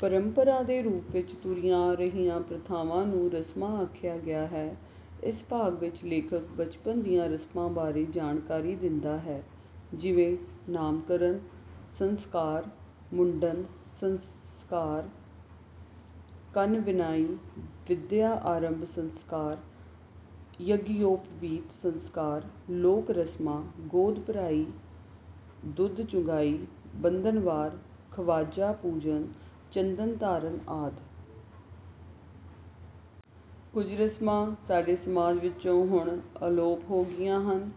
ਪਰੰਪਰਾ ਦੇ ਰੂਪ ਵਿੱਚ ਤੁਰੀਆਂ ਆ ਰਹੀਆਂ ਪ੍ਰਥਾਵਾਂ ਨੂੰ ਰਸਮਾਂ ਆਖਿਆ ਗਿਆ ਹੈ। ਇਸ ਭਾਗ ਵਿੱਚ ਲੇਖਕ ਬਚਪਨ ਦੀਆਂ ਰਸਮਾਂ ਬਾਰੇ ਜਾਣਕਾਰੀ ਦਿੰਦਾ ਹੈ, ਜਿਵੇਂ :- ਨਾਮਕਰਨ ਸੰਸਕਾਰ, ਮੁੰਡਨ ਸੰਸਕਾਰ, ਕੰਨ-ਵਿੰਨ੍ਹਾਈ, ਵਿੱਦਿਆ ਆਰੰਭ ਸੰਸਕਾਰ, ਯੱਗਯੋਪਵੀਤ ਸੰਸਕਾਰ, ਲੋਕ ਰਸਮਾਂ, ਗੋਦ ਭਰਾਈ, ਦੁੱਧ ਚੁੰਘਾਈ, ਬੰਧਨਵਾਰ, ਖਵਾਜਾ-ਪੂਜਨ, ਚੰਦਨ ਧਾਰਨ ਆਦਿ। ਕੁਝ ਰਸਮਾਂ ਸਾਡੇ ਸਮਾਜ ਵਿੱਚੋਂ ਹੁਣ ਅਲੋਪ ਹੋ ਗਈਆਂ ਹਨ,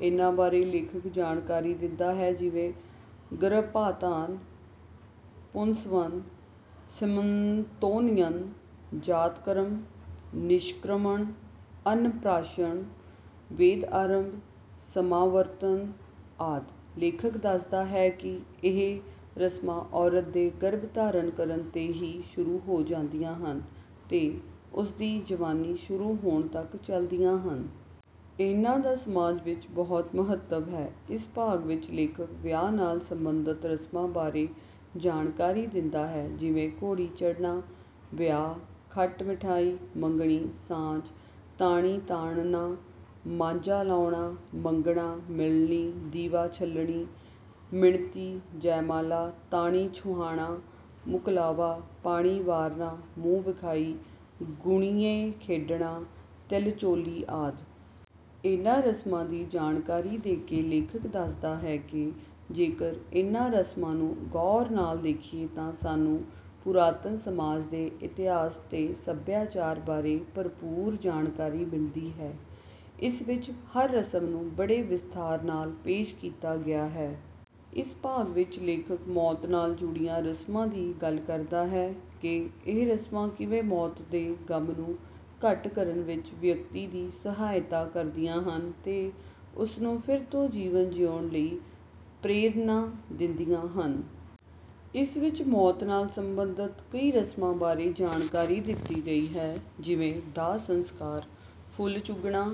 ਇਹਨਾਂ ਬਾਰੇ ਲੇਖਕ ਜਾਣਕਾਰੀ ਦਿੰਦਾ ਹੈ, ਜਿਵੇਂ ਗਰਭਾਧਾਨ, ਪੁੰਸਵਨ, ਸੀਮੰਤੋਨਯਨ, ਜਾਤਕਰਮ, ਨਿਸ਼ਕ੍ਰਮਣ, ਅੰਨ-ਪ੍ਰਾਸ਼ਨ, ਵੇਦ-ਆਰੰਭ, ਸਮਾਵਰਤਨ ਆਦਿ। ਲੇਖਕ ਦੱਸਦਾ ਹੈ ਕਿ ਇਹ ਰਸਮਾਂ ਔਰਤ ਦੇ ਗਰਭ ਧਾਰਨ ਕਰਨ 'ਤੇ ਹੀ ਸ਼ੁਰੂ ਹੋ ਜਾਂਦੀਆਂ ਹਨ ਤੇ ਉਸ ਦੀ ਜਵਾਨੀ ਸ਼ੁਰੂ ਹੋਣ ਤੱਕ ਚਲਦੀਆਂ ਹਨ। ਇਹਨਾਂ ਦਾ ਸਮਾਜ ਵਿੱਚ ਬਹੁਤ ਮਹੱਤਵ ਹੈ। ਇਸ ਭਾਗ ਵਿੱਚ ਲੇਖਕ ਵਿਆਹ ਨਾਲ ਸਬੰਧਤ ਰਸਮਾਂ ਬਾਰੇ ਜਾਣਕਾਰੀ ਦਿੰਦਾ ਹੈ, ਜਿਵੇਂ ਘੋੜੀ ਚੜ੍ਹਨਾ, ਵਿਆਹ, ਖੱਟ-ਮਿਠਾਈ, ਮੰਗਣੀ, ਸਾਂਝ, ਤਾਣੀ ਤਾਣਨਾ, ਮਾਂਝਾ ਲਾਉਣਾ, ਮੰਗਣਾ, ਮਿਲਣੀ, ਦੀਵਾ-ਛੱਲਣੀ, ਮਿਣਤੀ, ਜੈਮਾਲਾ, ਤਾਣੀ ਛੁਹਾਣਾ, ਮੁਕਲਾਵਾ, ਪਾਣੀ ਵਾਰਨਾ, ਮੂੰਹ ਵਿਖਾਈ, ਗੁਣੀਏ ਖੇਡਣਾ, ਤਿਲ-ਚੋਲੀ ਆਦਿ। ਇਹਨਾਂ ਰਸਮਾਂ ਦੀ ਜਾਣਕਾਰੀ ਦੇ ਕੇ ਲੇਖਕ ਦੱਸਦਾ ਹੈ ਕਿ ਜੇਕਰ ਇਹਨਾਂ ਰਸਮਾਂ ਨੂੰ ਗਹੁ ਨਾਲ ਦੇਖੀਏ ਤਾਂ ਸਾਨੂੰ ਪੁਰਾਤਨ ਸਮਾਜ ਦੇ ਇਤਿਹਾਸ ਤੇ ਸੱਭਿਆਚਾਰ ਬਾਰੇ ਭਰਪੂਰ ਜਾਣਕਾਰੀ ਮਿਲਦੀ ਹੈ। ਇਸ ਵਿੱਚ ਹਰ ਰਸਮ ਨੂੰ ਬੜੇ ਵਿਸਥਾਰ ਨਾਲ ਪੇਸ਼ ਕੀਤਾ ਗਿਆ ਹੈ। ਇਸ ਭਾਗ ਵਿੱਚ ਲੇਖਕ ਮੌਤ ਨਾਲ ਜੁੜੀਆਂ ਰਸਮਾਂ ਦੀ ਗੱਲ ਕਰਦਾ ਹੈ ਕਿ ਇਹ ਰਸਮਾਂ ਕਿਵੇਂ ਮੌਤ ਦੇ ਗ਼ਮ ਨੂੰ ਘੱਟ ਕਰਨ ਵਿੱਚ ਵਿਅਕਤੀ ਦੀ ਸਹਾਇਤਾ ਕਰਦੀਆਂ ਹਨ ਤੇ ਉਸ ਨੂੰ ਫਿਰ ਤੋਂ ਜੀਵਨ ਜਿਉਣ ਲਈ ਪ੍ਰੇਰਨਾ ਦਿੰਦੀਆਂ ਹਨ। ਇਸ ਵਿੱਚ ਮੌਤ ਨਾਲ ਸਬੰਧਤ ਕਈ ਰਸਮਾਂ ਬਾਰੇ ਜਾਣਕਾਰੀ ਦਿੱਤੀ ਗਈ ਹੈ, ਜਿਵੇਂ ਦਾਹ-ਸੰਸਕਾਰ, ਫੁੱਲ ਚੁਗਣਾ,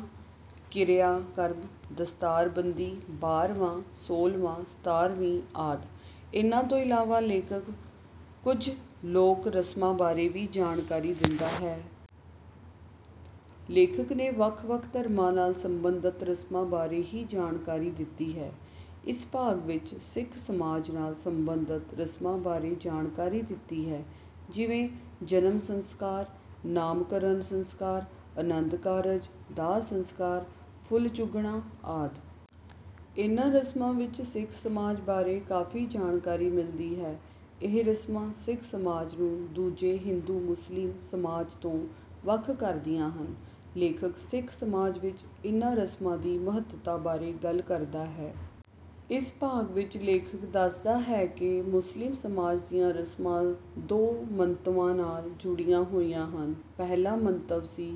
ਕਿਰਿਆ-ਕਰਮ, ਦਸਤਾਰ-ਬੰਦੀ, ਬਾਰ੍ਹਵਾਂ, ਸੋਲ੍ਹਵਾਂ, ਸਤਾਰ੍ਹਵੀਂ ਆਦਿ। ਇਹਨਾਂ ਤੋਂ ਇਲਾਵਾ ਲੇਖਕ ਕੁਝ ਲੋਕ ਰਸਮਾਂ ਬਾਰੇ ਵੀ ਜਾਣਕਾਰੀ ਦਿੰਦਾ ਹੈ। ਲੇਖਕ ਨੇ ਵੱਖ-ਵੱਖ ਧਰਮਾਂ ਨਾਲ ਸਬੰਧਤ ਰਸਮਾਂ ਬਾਰੇ ਹੀ ਜਾਣਕਾਰੀ ਦਿੱਤੀ ਹੈ। ਇਸ ਭਾਗ ਵਿੱਚ ਸਿੱਖ ਸਮਾਜ ਨਾਲ ਸਬੰਧਤ ਰਸਮਾਂ ਬਾਰੇ ਜਾਣਕਾਰੀ ਦਿੱਤੀ ਹੈ, ਜਿਵੇਂ - ਜਨਮ ਸੰਸਕਾਰ, ਨਾਮਕਰਨ ਸੰਸਕਾਰ, ਅਨੰਦ ਕਾਰਜ, ਦਾਹ-ਸੰਸਕਾਰ, ਫੁੱਲ ਚੁਗਣਾ ਆਦਿ। ਇਹਨਾਂ ਰਸਮਾਂ ਵਿੱਚ ਸਿੱਖ ਸਮਾਜ ਬਾਰੇ ਕਾਫ਼ੀ ਜਾਣਕਾਰੀ ਮਿਲਦੀ ਹੈ। ਇਹ ਰਸਮਾਂ ਸਿੱਖ ਸਮਾਜ ਨੂੰ ਦੂਜੇ ਹਿੰਦੂ-ਮੁਸਲਿਮ ਸਮਾਜ ਤੋਂ ਵੱਖ ਕਰਦੀਆਂ ਹਨ। ਲੇਖਕ ਸਿੱਖ ਸਮਾਜ ਵਿੱਚ ਇਹਨਾਂ ਰਸਮਾਂ ਦੀ ਮਹੱਤਤਾ ਬਾਰੇ ਗੱਲ ਕਰਦਾ ਹੈ। ਇਸ ਭਾਗ ਵਿੱਚ ਲੇਖਕ ਦੱਸਦਾ ਹੈ ਕਿ ਮੁਸਲਿਮ ਸਮਾਜ ਦੀਆਂ ਰਸਮਾਂ ਦੋ ਮੰਤਵਾਂ ਨਾਲ ਜੁੜੀਆਂ ਹੋਈਆਂ ਹਨ। ਪਹਿਲਾ ਮੰਤਵ ਸੀ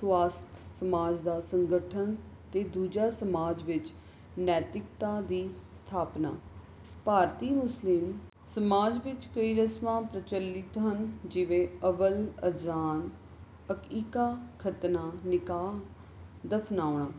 ਸੁਆਸਥ ਸਮਾਜ ਦਾ ਸੰਗਠਨ ਤੇ ਦੂਜਾ ਸਮਾਜ ਵਿੱਚ ਨੈਤਿਕਤਾ ਦੀ ਸਥਾਪਨਾ। ਭਾਰਤੀ ਮੁਸਲਿਮ ਸਮਾਜ ਵਿੱਚ ਕਈ ਰਸਮਾਂ ਪ੍ਰਚੱਲਿਤ ਹਨ, ਜਿਵੇਂ ਅਵਲ-ਅਜ਼ਾਨ, ਅਕੀਕਾ, ਖ਼ਤਨਾ, ਨਿਕਾਹ, ਦਫ਼ਨਾਉਣਾ